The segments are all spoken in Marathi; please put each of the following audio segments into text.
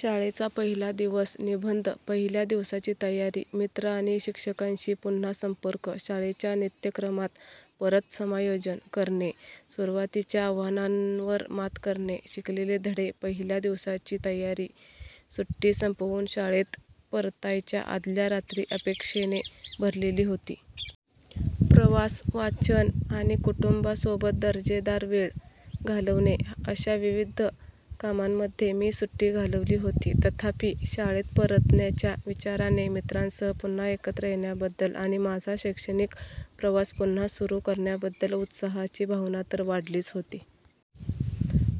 शाळेचा पहिला दिवस निबंध, पहिल्या दिवसाची तयारी, मित्र आणि शिक्षकांशी पुन्हा संपर्क, शाळेच्या नित्यक्रमात परत समायोजन करणे, सुरुवातीच्या आव्हानांवर मात करणे, शिकलेले धडे. पहिल्या दिवसाची तयारी. सुट्टी संपवून शाळेत परतायच्या आदल्या रात्री अपेक्षेने भरलेली होती. प्रवास, वाचन आणि कुटुंबासोबत दर्जेदार वेळ घालवणे अशा विविध कामांमध्ये मी सुट्टी घालवली होती. तथापि, शाळेत परतण्याच्या विचाराने मित्रांसह पुन्हा एकत्र येण्याबद्दल आणि माझा शैक्षणिक प्रवास पुन्हा सुरू करण्याबद्दल उत्साहाची भावना तर वाढलीच होती.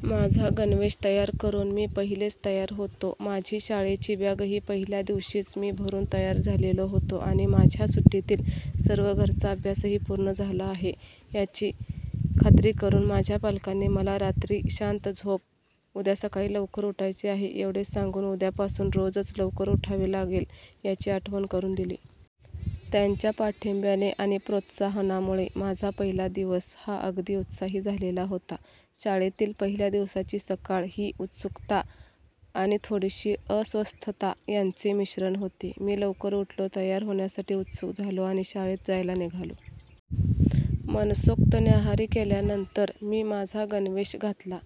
माझा गणवेश तयार करून मी पहिलेच तयार होतो, माझी शाळेची बॅगही पहिल्या दिवशीच मी भरून तयार झालेलो होतो आणि माझ्या सुट्टीतील सर्व घरचा अभ्यासही पूर्ण झाला आहे याची खात्री करून माझ्या पालकांनी मला रात्री, शांत झोप, उद्या सकाळी लवकर उठायचे आहे, एवढे सांगून उद्यापासून रोजच लवकर उठावे लागेल याची आठवण करून दिली. त्यांच्या पाठिंब्याने आणि प्रोत्साहनामुळे माझा पहिला दिवस हा अगदी उत्साही झालेला होता. शाळेतील पहिल्या दिवसाची सकाळ ही उत्सुकता आणि थोडीशी अस्वस्थता यांचे मिश्रण होते. मी लवकर उठलो, तयार होण्यासाठी उत्सुक झालो आणि शाळेत जायला निघालो. मनसोक्त न्याहारी केल्यानंतर, मी माझा गणवेश घातला,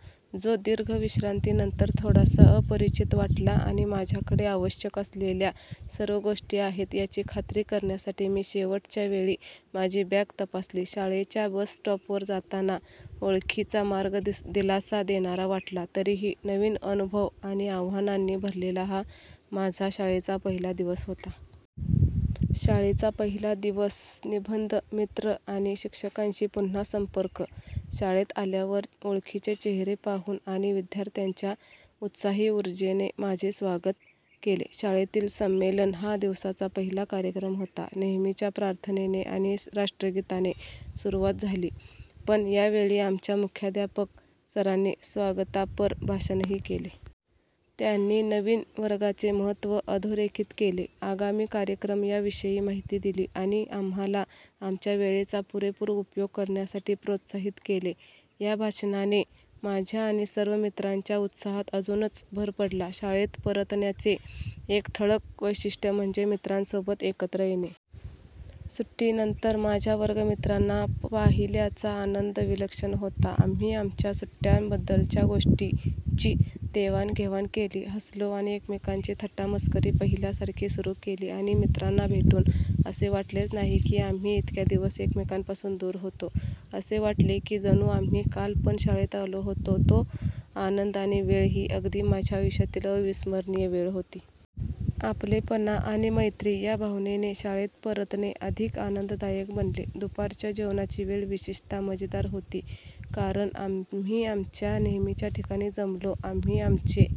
जो दीर्घ विश्रांतीनंतर थोडासा अपरिचित वाटला आणि माझ्याकडे आवश्यक असलेल्या सर्व गोष्टी आहेत याची खात्री करण्यासाठी मी शेवटच्या वेळी माझी बॅग तपासली. शाळेच्या बस स्टॉपवर जाताना, ओळखीचा मार्ग दिलासा देणारा वाटला, तरीही नवीन अनुभव आणि आव्हानांनी भरलेला हा माझा शाळेचा पहिला दिवस होता. शाळेचा पहिला दिवस निबंध, मित्र आणि शिक्षकांशी पुन्हा संपर्क. शाळेत आल्यावर, ओळखीचे चेहरे पाहून आणि विद्यार्थ्यांच्या उत्साही उर्जेने माझे स्वागत केले. शाळेतील संमेलन हा दिवसाचा पहिला कार्यक्रम होता. नेहमीच्या प्रार्थनेने आणि राष्ट्रगीताने सुरुवात झाली, पण यावेळी आमच्या मुख्याध्यापक सरांनी स्वागतपर भाषणही केले. त्यांनी नवीन वर्गाचे महत्त्व अधोरेखित केले, आगामी कार्यक्रम यांविषयी माहिती दिली आणि आम्हाला आमच्या वेळेचा पुरेपूर उपयोग करण्यासाठी प्रोत्साहित केले. या भाषणाने, माझ्या आणि सर्व मित्रांच्या उत्साहात अजूनच भर पडला. शाळेत परतण्याचे एक ठळक वैशिष्ट्य म्हणजे मित्रांसोबत एकत्र येणे. सुट्टीनंतर माझ्या वर्गमित्रांना पाहिल्याचा आनंद विलक्षण होता. आम्ही आमच्या सुट्ट्यांबद्दलच्या गोष्टींची देवाणघेवाण केली, हसलो आणि एकमेकांची थट्टा मस्करी पहिल्यासारखी सुरू केली आणि मित्रांना भेटून असे वाटलेच नाही की आम्ही इतक्या दिवस एकमेकांपासून दूर होतो, असे वाटले की जणू आम्ही काल पण शाळेत आलो होतो, तो आनंद आणि वेळ ही अगदी माझ्या आयुष्यातील अविस्मरणीय वेळ होती. आपलेपणा आणि मैत्री या भावनेने शाळेत परतणे अधिक आनंददायक बनले. दुपारच्या जेवणाची वेळ विशेषतः मजेदार होती, कारण आम्ही आमच्या नेहमीच्या ठिकाणी जमलो, आम्ही आमचे